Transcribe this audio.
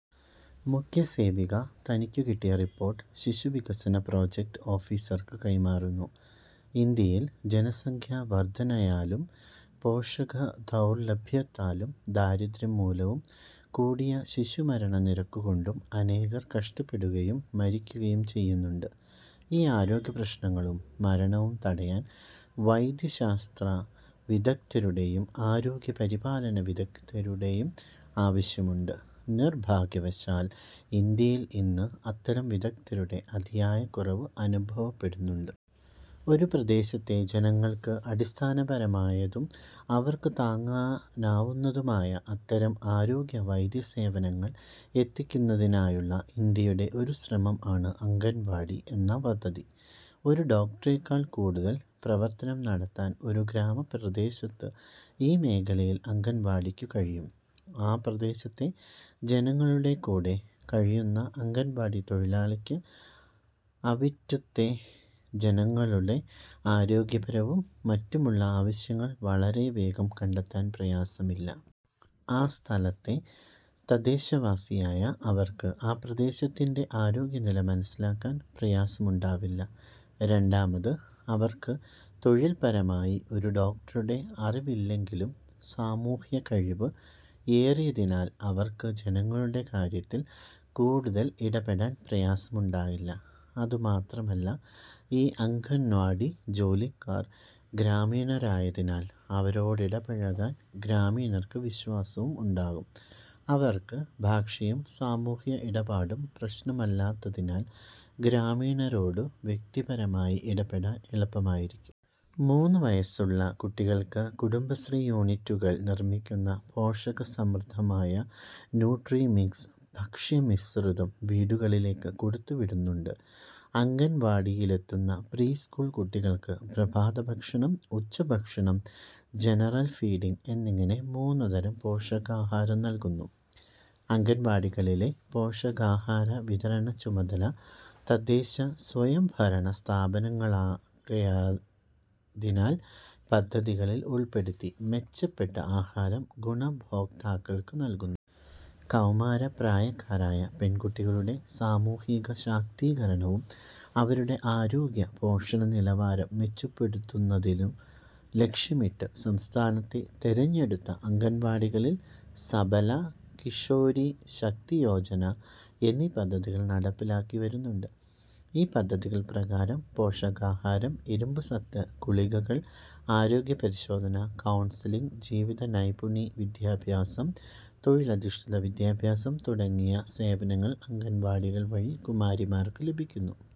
മുഖ്യസേവിക തനിക്കുകിട്ടിയ റിപ്പോർട്ട് ശിശുവികസന പ്രൊജക്റ്റ് ഓഫീസർക്കു കൈമാറുന്നു. ഇന്ത്യയിൽ ജനസംഖ്യവർദ്ധനയാലും പോഷകദൗർലഭ്യത്താലും ദാരിദ്ര്യം മൂലവും കൂടിയ ശിശുമരണനിരക്കുകൊണ്ടും അനേകർ കഷ്ടപ്പെടുകയും മരിക്കുകയും ചെയ്യുന്നുണ്ട്. ഈ ആരോഗ്യപ്രശ്നങ്ങളും മരണവും തടയാൻ വൈദ്യശാസ്ത്രവിദഗ്ദ്ധരുടെയും ആരോഗ്യപരിപാലന വിദഗ്ദ്ധരുടെയും ആവശ്യമുണ്ട്. നിർഭാഗ്യവശാൽ, ഇന്ത്യയിൽ ഇന്ന് അത്തരം വിദഗ്ദ്ധരുടെ അതിയായ കുറവ് അനുഭവപ്പെടുന്നുണ്ട്. ഒരു പ്രദേശത്തെ ജനങ്ങൾക്ക് അടിസ്ഥാനപരമായതും അവർക്കു താങ്ങാവുന്നതുമായ അത്തരം ആരോഗ്യ വൈദ്യസേവനങ്ങൾ എത്തിക്കുന്നതിനായുള്ള ഇന്ത്യയുടെ ഒരു ശ്രമം ആണ് അംഗൻവാടി എന്ന പദ്ധതി. ഒരു ഡോക്ടറേക്കാൾ കൂടുതൽ പ്രവർത്തനം നടത്താൻ ഒരു ഗ്രാമപ്രദേശത്ത് ഈ മേഖലയിൽ അംഗൻവാടിക്കു കഴിയും. ആ പ്രദേശത്തെ ജനങ്ങളുടെ കൂടെ കഴിയുന്ന അംഗൻവാടി തൊഴിലാളിക്ക് അവിറ്റുത്തെ ജനങ്ങളുടെ ആരോഗ്യപരവും മറ്റുമുള്ള ആവശ്യങ്ങൾ വളരെവേഗം കണ്ടെത്താൻ പ്രയാസമില്ല. ആ സ്ഥലത്തെ തദ്ദേശവാസിയായ അവർക്ക് ആ പ്രദേശത്തിന്റെ ആരോഗ്യനില മനസ്സിലാക്കാൻ പ്രയാസമുണ്ടാവില്ല. രണ്ടാമത്, അവർക്ക് തൊഴില്പരമായി ഒരു ഡോക്ടറുടെ അറിവില്ലെങ്കിലും സാമൂഹ്യകഴിവ് ഏറിയതിനാൽ അവർക്ക് ജനങ്ങളുടെ കാര്യത്തിൽ കൂടുതൽ ഇടപെടാൻ പ്രയാസമുണ്ടാകില്ല. അതുമാത്രമല്ല ഈ അംഗന്വാടി ജോലിക്കാർ ഗ്രാമീണരായതിനാൽ അവരോടിടപഴകാൻ ഗ്രാമീണർക്ക് വിശ്വാസവും ഉണ്ടാകും. അവർക്ക് ഭാഷയും സാമൂഹ്യ ഇടപാടും പ്രശ്നമല്ലാത്തതിനാൽ ഗ്രാമീണരോടു വ്യക്തിപരമായി ഇടപെടാൻ എളുപ്പമായിരിക്കും. മൂന്നു വയസ്സുള്ള കുട്ടികൾക്ക് കുടുംബശ്രീ യൂണിറ്റുകൾ നിർമ്മിക്കുന്ന പോഷക സമൃദ്ധമായ 'ന്യൂട്രിമിക്സ്' ഭക്ഷ്യമിശ്രിതം വീടുകളിലേക്ക് കൊടുത്തുവിടുന്നുണ്ട്. അംഗൻവാടിയിലെത്തുന്ന പ്രീ സ്കൂൾ കുട്ടികൾക്ക് പ്രഭാതഭക്ഷണം, ഉച്ചഭക്ഷണം, ജനറൽ ഫീഡിംഗ് എന്നിങ്ങനെ മൂന്നുതരം പോഷകാഹാരം നൽകുന്നു. അംഗൻവാടികളിലെ പോഷകാഹാര വിതരണച്ചുമതല തദ്ദേശ സ്വയംഭരണ സ്ഥാപനങ്ങൾക്കായതിനാൽ പദ്ധതികളിൽ ഉൾപ്പെടുത്തി മെച്ചപ്പെട്ട ആഹാരം ഗുണഭോക്താക്കൾക്ക് നൽകുന്നു. കൗമാരപ്രായക്കാരായ പെൺകുട്ടികളുടെ സാമൂഹിക ശാക്തീകരണവും, അവരുടെ ആരോഗ്യ പോഷണ നിലവാരം മെച്ചപ്പെടുത്തുന്നതിനും ലക്ഷ്യമിട്ട്, സംസ്ഥാനത്തെ തെരഞ്ഞെടുത്ത അംഗൻവാടികളിൽ, 'സബല' 'കിഷോരി ശക്തിയോജന' എന്നീ പദ്ധതികൾ നടപ്പിലാക്കി വരുന്നുണ്ട്. ഈ പദ്ധതികൾ പ്രകാരം, പോഷകാഹാരം, ഇരുമ്പ് സത്ത് ഗുളികകൾ, ആരോഗ്യ പരിശോധന, കൗൺസലിംഗ്, ജീവിത നൈപുണി വിദ്യാഭ്യാസം, തൊഴിലിധഷ്ഠിത വിദ്യാഭ്യാസം തുടങ്ങിയ സേവനങ്ങൾ അംഗൻവാടികൾ വഴി കുമാരിമാർക്ക് ലഭിക്കുന്നു.